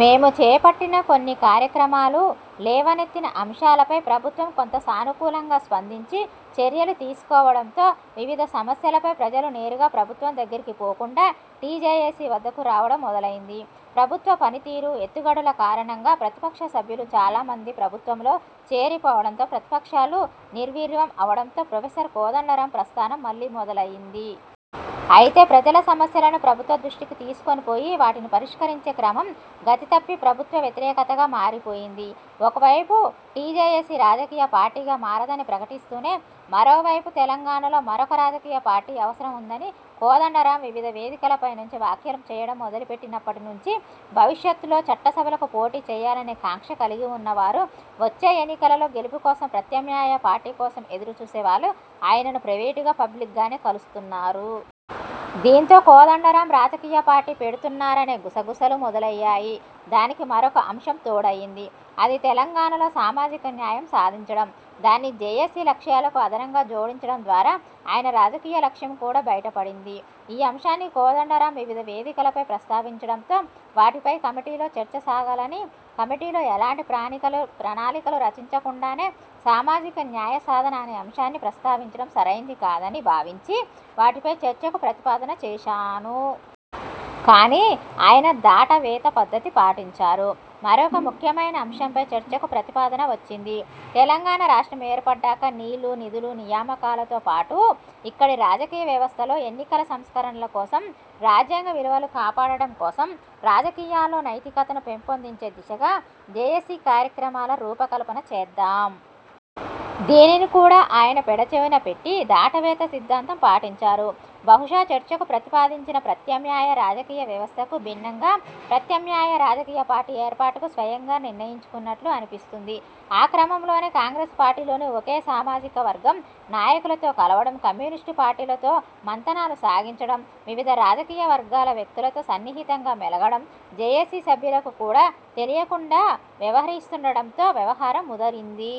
మేము చేపట్టిన కొన్ని కార్యక్రమాలు, లేవనెత్తిన అంశాలపై ప్రభుత్వం కొంత సానుకూలంగా స్పందించి చర్యలు తీసుకోవడంతో వివిధ సమస్యలపై ప్రజలు నేరుగా ప్రభుత్వం దగ్గరికి పోకుండా టీజేఏసీ వద్దకు రావడం మొదలైంది. ప్రభుత్వ పనితీరు, ఎత్తుగడల కారణంగా ప్రతిపక్ష సభ్యులు చాలా మంది ప్రభుత్వంలో చేరిపోవడంతో ప్రతిపక్షాలు నిర్వీర్యం అవడంతో ప్రొఫెసర్ కోదండరామ్ ప్రస్థానం మళ్లీ మొదలైంది. అయితే ప్రజల సమస్యలను ప్రభుత్వ దృష్టికి తీసుకొని పోయి వాటిని పరిష్కరించే క్రమం 'గతి తప్పి' ప్రభుత్వ వ్యతిరేకతగా మారిపోయింది. ఒకవైపు టీజేఏసీ రాజకీయ పార్టీగా మారదని ప్రకటిస్తూనే మరోవైపు తెలంగాణలో మరొక రాజకీయ పార్టీ అవసరం ఉందని కోదండరామ్ వివిధ వేదికలపై నుంచి వ్యాఖ్యలు చేయడం మొదలుపెట్టినప్పటి నుంచీ భవిష్యత్లో చట్టసభలకు పోటీ చేయాలనే కాంక్ష కలిగి ఉన్నవారు, వచ్చే ఎన్నికలలో గెలుపు కోసం ప్రత్యామ్నాయ పార్టీ కోసం ఎదురుచూసే వాళ్ళు ఆయనను ప్రైవేటుగా, పబ్లిక్గానే కలుస్తున్నారు. దీంతో కోదండరాం రాజకీయ పార్టీ పెడుతున్నారనే గుసగుసలు మొదలయ్యాయి. దానికి మరొక అంశం తోడైంది. అది 'తెలంగాణలో సామాజిక న్యాయం సాధించడం' దాన్ని జేఏసీ లక్ష్యాలకు అదనంగా జోడించడం ద్వారా ఆయన రాజకీయ లక్ష్యం కూడా బయటపడింది. ఈ అంశాన్ని కోదండరామ్ వివిధ వేదికలపై ప్రస్తావించడంతో వాటిపై కమిటీలో చర్చ సాగాలని కమిటీలో ఎలాంటి ప్రణాళికలు రచించకుండానే సామాజిక న్యాయ సాధన అనే అంశాన్ని ప్రస్తావించడం సరైంది కాదని భావించి వాటిపై చర్చకు ప్రతిపాదన చేశాను. కానీ ఆయన దాటవేత పద్ధతి పాటించారు. మరొక ముఖ్యమైన అంశంపై చర్చకు ప్రతిపాదన వచ్చింది 'తెలంగాణ రాష్ట్రం ఏర్పడ్డాక నీళ్ళు, నిధులు, నియామకాలతో పాటు ఇక్కడి రాజకీయ వ్యవస్థలో ఎన్నికల సంస్కరణల కోసం, రాజ్యాంగ విలువలు కాపాడటం కోసం, రాజకీయాల్లో నైతికతను పెంపొందించే దిశగా జేఏసీ కార్యక్రమాల రూపకల్పన చేద్దాం'. దీనిని కూడా ఆయన పెడచెవిన పెట్టి దాటవేత సిద్ధాంతం పాటించారు. బహుశా చర్చకు ప్రతిపాదించిన ప్రత్యామ్నాయ రాజకీయ వ్యవస్థకు భిన్నంగా ప్రత్యామ్నాయ రాజకీయ పార్టీ ఏర్పాటుకు స్వయంగా నిర్ణయించుకున్నట్లు అనిపిస్తుంది. ఆ క్రమంలోనే కాంగ్రెస్ పార్టీలోని ఒకే సామాజిక వర్గం నాయకులతో కలవడం, కమ్యూనిస్టు పార్టీలతో మంతనాలు సాగించడం వివిధ రాజకీయ వర్గాల వ్యక్తులతో సన్నిహితంగా మెలగడం, జేఏసీ సభ్యులకు కూడా తెలియకుండా వ్యవహరిస్తుండడంతో వ్యవహారం ముదిరింది.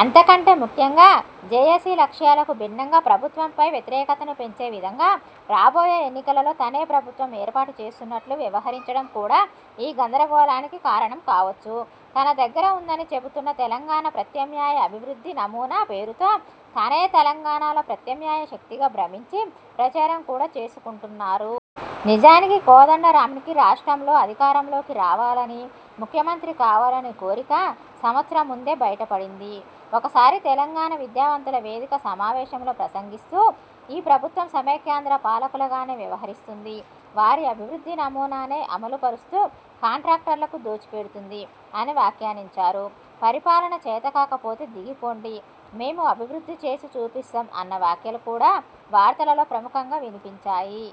అంతకంటే ముఖ్యంగా జేఏసీ లక్ష్యాలకు భిన్నంగా ప్రభుత్వంపై వ్యతిరేకతను పెంచే విధంగా రాబోయే ఎన్నికలలో తనే ప్రభుత్వం ఏర్పాటు చేస్తున్నట్లు వ్యవహరించటం కూడా ఈ గందరగోళానికి కారణం కావచ్చు. తన దగ్గర ఉందని చెబుతున్న 'తెలంగాణ ప్రత్యామ్నాయ అభివృద్ధి నమూనా' పేరుతో తనే తెలంగాణలో ప్రత్యామ్నాయ శక్తిగా భ్రమించి ప్రచారం కూడా చేసుకుంటున్నారు. నిజానికి కోదండరామ్కి రాష్ట్రంలో అధికారంలోకి రావాలని, ముఖ్యమంత్రి కావాలనే 'కోరిక' సంవత్సరం ముందే బయటపడింది. ఒకసారి తెలంగాణ విద్యావంతుల వేదిక సమావేశంలో ప్రసంగిస్తూ 'ఈ ప్రభుత్వం సమైక్యాంధ్ర పాలకులుగానే వ్యవహరిస్తుంది – వారి అభివృద్ధి నమూనానే అమలు పరుస్తూ కాంట్రాక్టర్లకు దోచిపెడుతుంది' అని వ్యాఖ్యానించారు. 'పరిపాలన చేతకాక పోతే దిగిపోండి, మేము అభివృద్ధి చేసి చూపిస్తాం' అన్న వ్యాఖ్యలు కూడా వార్తలలో ప్రముఖంగా వినిపించాయి.